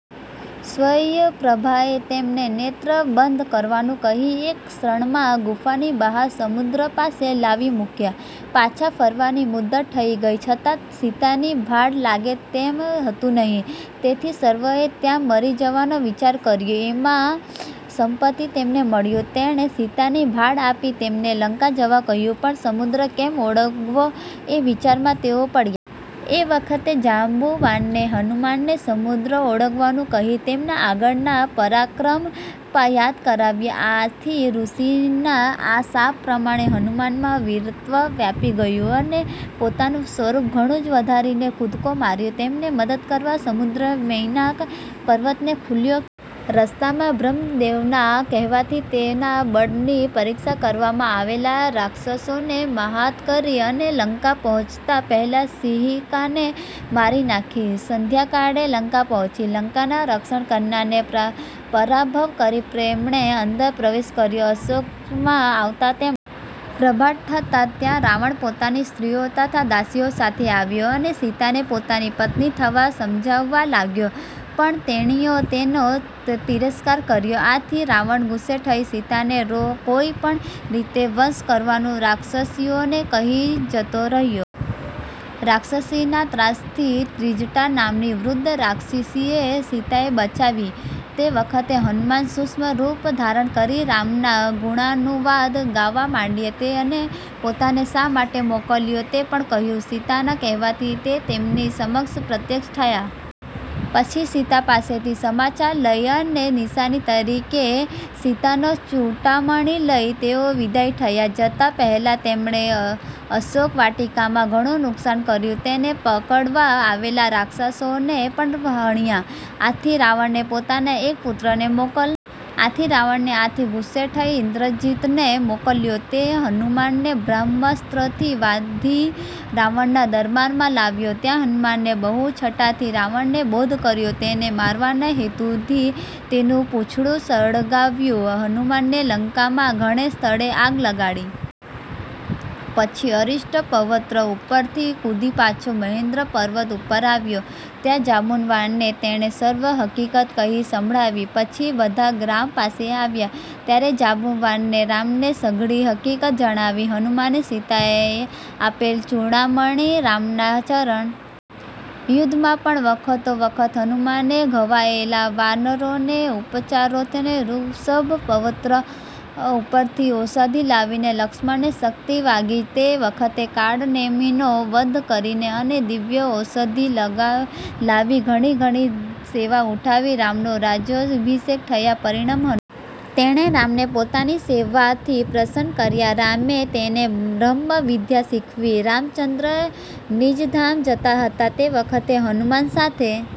સ્વયંપ્રભાએ તેમને નેત્ર બંધ કરવાનું કહી એક ક્ષણમાં ગુફાની બહાર સમુદ્ર પાસે લાવી મૂક્યા. પાછા ફરવાની મુદ્દત થઈ ગઈ છતાં સીતાની ભાળ લાગે તેમ હતું નહિ. તેથી સર્વેએ ત્યાં મરી જવાનો વિચાર કર્યો એવામાં સંપતિ તેમને મળ્યો, તેણે સીતાની ભાળ આપી તેમને લંકા જવા કહ્યું પણ સમુદ્ર કેમ ઓળંગવો એ વિચારમાં તેઓ પડ્યા. એ વખતે જાંબુવાને હનુમાનને સમુદ્ર ઓળંગવાનું કહી તેમના આગળના પરાક્રમ યાદ કરાવ્યા. આથી ઋષિના શાપ પ્રમાણે હનુમાનમાં વીરત્વ વ્યાપી ગયું અને પોતાનું સ્વરૂપ ઘણું જ વધારીને કૂદકો માર્યો. તેમને મદદ કરવા સમુદ્રે મૈનાક પર્વતને ખુલ્લો કર્યો. રસ્તામાં બ્રહ્મદેવના કહેવાથી તેના બળની પરીક્ષા કરવા આવેલ રાક્ષસોને મહાત કરી અને લંકા પહોચતાં પહેલા સિંહિકાને મારી નાખી; સંધ્યાકાળે લંકા પહોંચી, લંકાના રક્ષણ કરનારને પરાભવ કરી તેમણે અંદર પ્રવેશ કર્યો. અશોકવનમાં આવતાં તેમણે ઉપવાસને લીધે કૃશ થઈ ગયેલી દુખી માતા સીતાને જોયા. પ્રભાત થતાં ત્યાં રાવણ પોતાની સ્ત્રીઓ તથા દાસીઓ સાથે આવ્યો અને સીતાને પોતાની પત્ની થવા સમજાવવા લાગ્યો, પણ તેણીએ તેનો તિરસ્કાર કર્યો. આથી રાવણ ગુસ્સે થઈ સીતાને કોઈ પણ રીતે વશ કરવાનું રાક્ષસીઓને કહી જતો રહ્યો. રાક્ષસીના ત્રાસથી ત્રિજટા નામની વૃદ્ધ રાક્ષસીએ સીતાને બચાવી. તે વખતે હનુમાન સૂક્ષ્મ રૂપ ધારણ કરી રામના ગુણાનુવાદ ગાવા માંડ્યા અને પોતાને શા માટે મોકલ્યો છે તે પણ કહ્યું. સીતાના કહેવાથી તે તેમની સમક્ષ પ્રત્યક્ષ થયા, પણ આ રાવણ હશે તેવો વહેમ સીતાને આવવાથી તેમણે રામની વીંટી સીતાને આપી. પછી સીતા પાસેથી સમાચાર લઈ અને નિશાની તરીકે સીતાનો ચૂડામણિ લઈ તેઓ વિદાય થયા. જતાં પહેલાં તેમણે અશોકવાટિકામાં ઘણું નુક્સાન કર્યું. તેને પકડવા આવેલા રાક્ષસોને પણ હણ્યા. આથી રાવણે પોતાના એક પુત્રને મોકલ્યો, તેને પણ હનુમાને માર્યો. આથી રાવણે આથી ગુસ્સે થઈ ઇંદ્રજિતને મોકલ્યો; તે હનુમાનને બ્રહ્માસ્ત્રથી બાંધી રાવણના દરબારમાં લાવ્યો, ત્યાં હનુમાને બહુ છટાથી રાવણને બોધ કર્યો. તેને મારવાના હેતુથી તેનું પૂછડું સળગાવ્યું. હનુમાને લંકામાં ઘણે સ્થળે આગ લગાડી. પછી અરિષ્ટ પર્વત ઉપરથી કૂદી પાછો મહેંદ્ર પર્વત ઉપર આવ્યો. ત્યાં જાંબુવાનને તેણે સર્વ હકીકત કહી સંભળાવી. પછી બધા રામ પાસે આવ્યા, ત્યારે જાંબુવાને રામને સઘળી હકીકત જણાવી. હનુમાને સીતાએ આપેલ ચૂડામણિ રામના ચરણમાં મૂકયો. યુદ્ધમાં પણ વખતોવખત હનુમાને ઘવાયેલા વાનરોને ઉપચારાર્થે ઋષભ પર્વત ઉપરથી ઔષધિ લાવીને, લક્ષ્મણને શક્તિ વાગી તે વખતે કાળનેમીનો વધ કરીને અને દિવ્ય ઔષધિ લાવીને ઘણી ઘણી સેવા ઉઠાવી. રામનો રાજ્યાભિષેક થયા પછીપણ હનુમાન તેમની સાથે જ રહ્યા. તેણે રામને પોતાની સેવાથી પ્રસન્ન કર્યા, રામે તેને બ્રહ્મવિદ્યા શીખવી. રામચંદ્ર નિજધામ જતા હતા તે વખતે હનુમાન સાથે